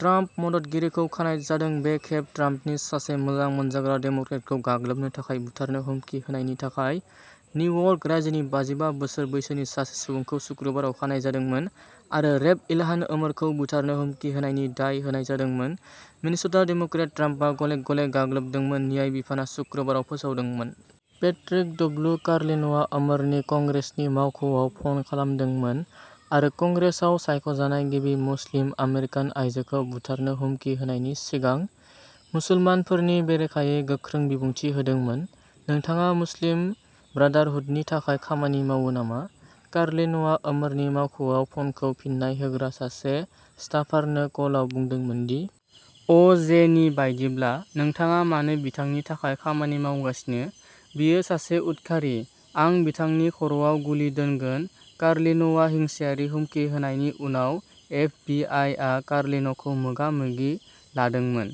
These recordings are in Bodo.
ट्राम्प मददगिरिखौ खानाय जादों, बे खेब ट्राम्पनि सासे मोजां मोनजाग्रा डेम'क्रेटखौ गाग्लोबनो थाखाय बुथारनो हुमखि होनायनि थाखाय। निउयर्क रायजोनि बाजिबा बोसोर बैसोनि सासे सुबुंखौ सुक्रुबाराव खानाय जादोंमोन आरो रेप इलहान ओमरखौ बुथारनो हुमखि होनायनि दाय होनाय जादोंमोन, मिनिस'टा डेम'क्रेट ट्राम्पआ गले-गले गाग्लोबदोंमोन, न्याय बिफानआ सुक्रुबाराव फोसावदोंमोन। Patrick W. कार्लिन'आ ओमरनि कंग्रेसनि मावख'आव फन खालामदोंमोन आरो कंग्रेसाव सायख'जानाय गिबि मुस्लिम आमेरिकान आयजोखौ बुथारनो हुमखि होनायनि सिगां मुसलमानफोरनि बेरेखायै गोख्रों बिबुंथि होदोंमोन। "नोंथाङा मुस्लिम ब्रादारहुडनि थाखाय खामानि मावो नामा?" कार्लिन'आ ओमोरनि मावख'आव फनखौ फिननाय होग्रा सासे स्टाफारनो कलआव बुंदोंमोन, डि. अ. जे. नि बायदिब्ला। "नोंथाङा मानो बिथांनि थाखाय खामानि मावगासिनो, बियो सासे उदखारि। आं बिथांनि खर'आव गुलि दोनगोन।" कार्लिन'आ हिंसायारि हुमखि होनायनि उनाव एफ. बि. आइ. आ कार्लिन'खौ मोगा-मोगि लादोंमोन,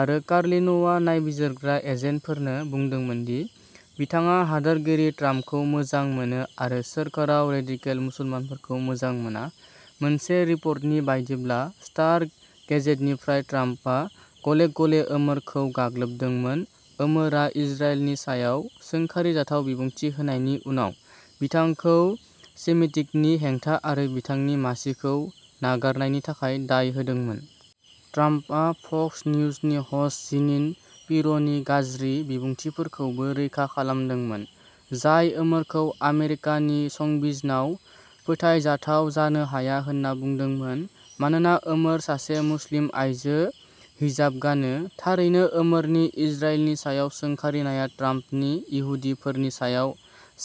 आरो कार्लिन'आ नायबिजिरग्रा एजेन्टफोरनो बुंदोंमोन दि "बिथाङा हादोरगिरि ट्राम्पखौ मोजां मोनो आरो सोरखाराव रेडिकेल मुसलमानफोरखौ मोजां मोना", मोनसे रिपर्टनि बायदिब्ला स्टार गेजेटनिफ्राय ट्राम्पआ गले-गले ओमोरखौ गाग्लोबदोंमोन, ओमोरआ इजराइलनि सायाव सोंखारिजाथाव बिबुंथि होनायनि उनाव बिथांखौ सेमिटिकनि हेंथा आरो बिथांनि मासिखौ नागारनायनि थाखाय दाय होदोंमोन। ट्राम्पआ फक्स निउजनि ह'स्ट जीनिन पिर'नि गाज्रि बिबुंथिफोरखौबो रैखा खालामदोंमोन, जाय ओमोरखौ आमेरिकानि संबिजनाव फोथायजाथाव जानो हाया होनना बुंदोंमोन मानोना ओमोर सासे मुस्लिम आयजो हिजाब गानो। थारैनो, ओमरनि इजराइलनि सायाव सोंखारिनाया ट्राम्पनि इहुदिफोरनि सायाव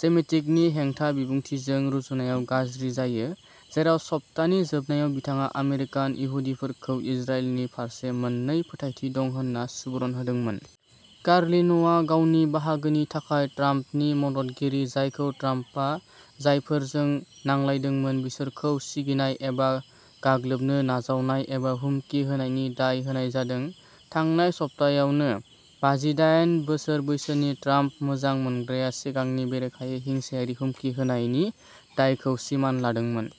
सेमिटिकनि हेंथा बिबुंथिजों रुजुनायाव गाज्रि जायो, जेराव सप्तानि जोबनायाव बिथाङा आमेरिकान इहुदिफोरखौ इजराइलनि फारसे मोन्नै फोथायथि दं होन्ना सुबुरुन होदोंमोन। कार्लिन'आ, गावनि बाहागोनि थाखाय, ट्राम्पनि मददगिरि, जायखौ ट्राम्पआ जायफोरजों नांलायदोंमोन, बिसोरखौ सिगिनाय एबा गाग्लोबनो नाजावनाय एबा हुमकि होनायनि दाय होनाय जादों। थांनाय सप्तायावनो, बाजिडायन बोसोर बैसोनि ट्राम्प मोजां मोनग्राया सिगांनि बेरेखायै हिंसायारि हुमखि होनायनि दायखौ सिमान लादोंमोन।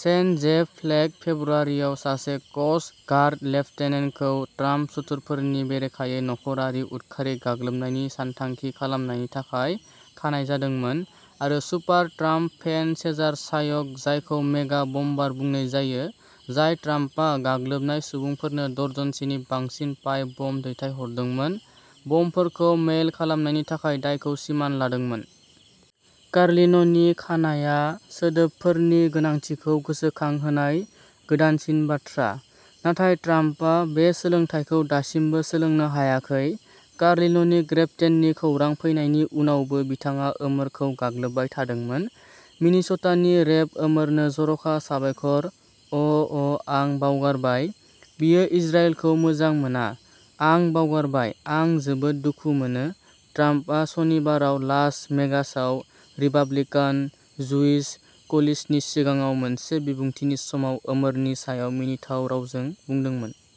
सेन जेफ फ्लेक फेब्रुवारियाव, सासे क'स्ट गार्ड लेफ्टिनेन्टखौ ट्राम्प सुथुरफोरनि बेरेखायै नखरारि उदखारि गाग्लोबनायनि सानथांखि खालामनायनि थाखाय खानाय जादोंमोन। आरो super Trump fan Cesar Sayoc, जायखौ मेगा बमबार बुंनाय जायो जाय ट्राम्पआ गाग्लोबनाय सुबुंफोरनो दर्जनसेनि बांसिन पाइप बम दैथायहरदोंमोन, बमफोरखौ मेइल खालामनायनि थाखाय दायखौ सिमान लादोंमोन। कार्लिन'नि खानायआ सोदोबफोरनि गोनांथिखौ गोसोखांहोनाय गोदानसिन बाथ्रा। नाथाय ट्राम्पआ बे सोलोंथायखौ दासिमबो सोलोंनो हायाखै। कार्लिन'नि ग्रेप्तेननि खौरां फैनायनि उनावबो बिथाङा ओमरखौ गाग्लोबबाय थादोंमोन। "मिनेस'टानि रेप ओमोरनो जर'खा साबायखर, अ ', अ', आं बावगारबाय, बियो इजराइलखौ मोजां मोना, आं बावगारबाय, आं जोबोद दुखु मोनो", ट्राम्पआ सनिबाराव लास भेगासआव रिपाब्लिकान ज्युइश कोलिशननि सिगाङाव मोनसे बिबुंथिनि समाव ओमोरनि सायाव मिनिथाव रावजों बुंदोंमोन।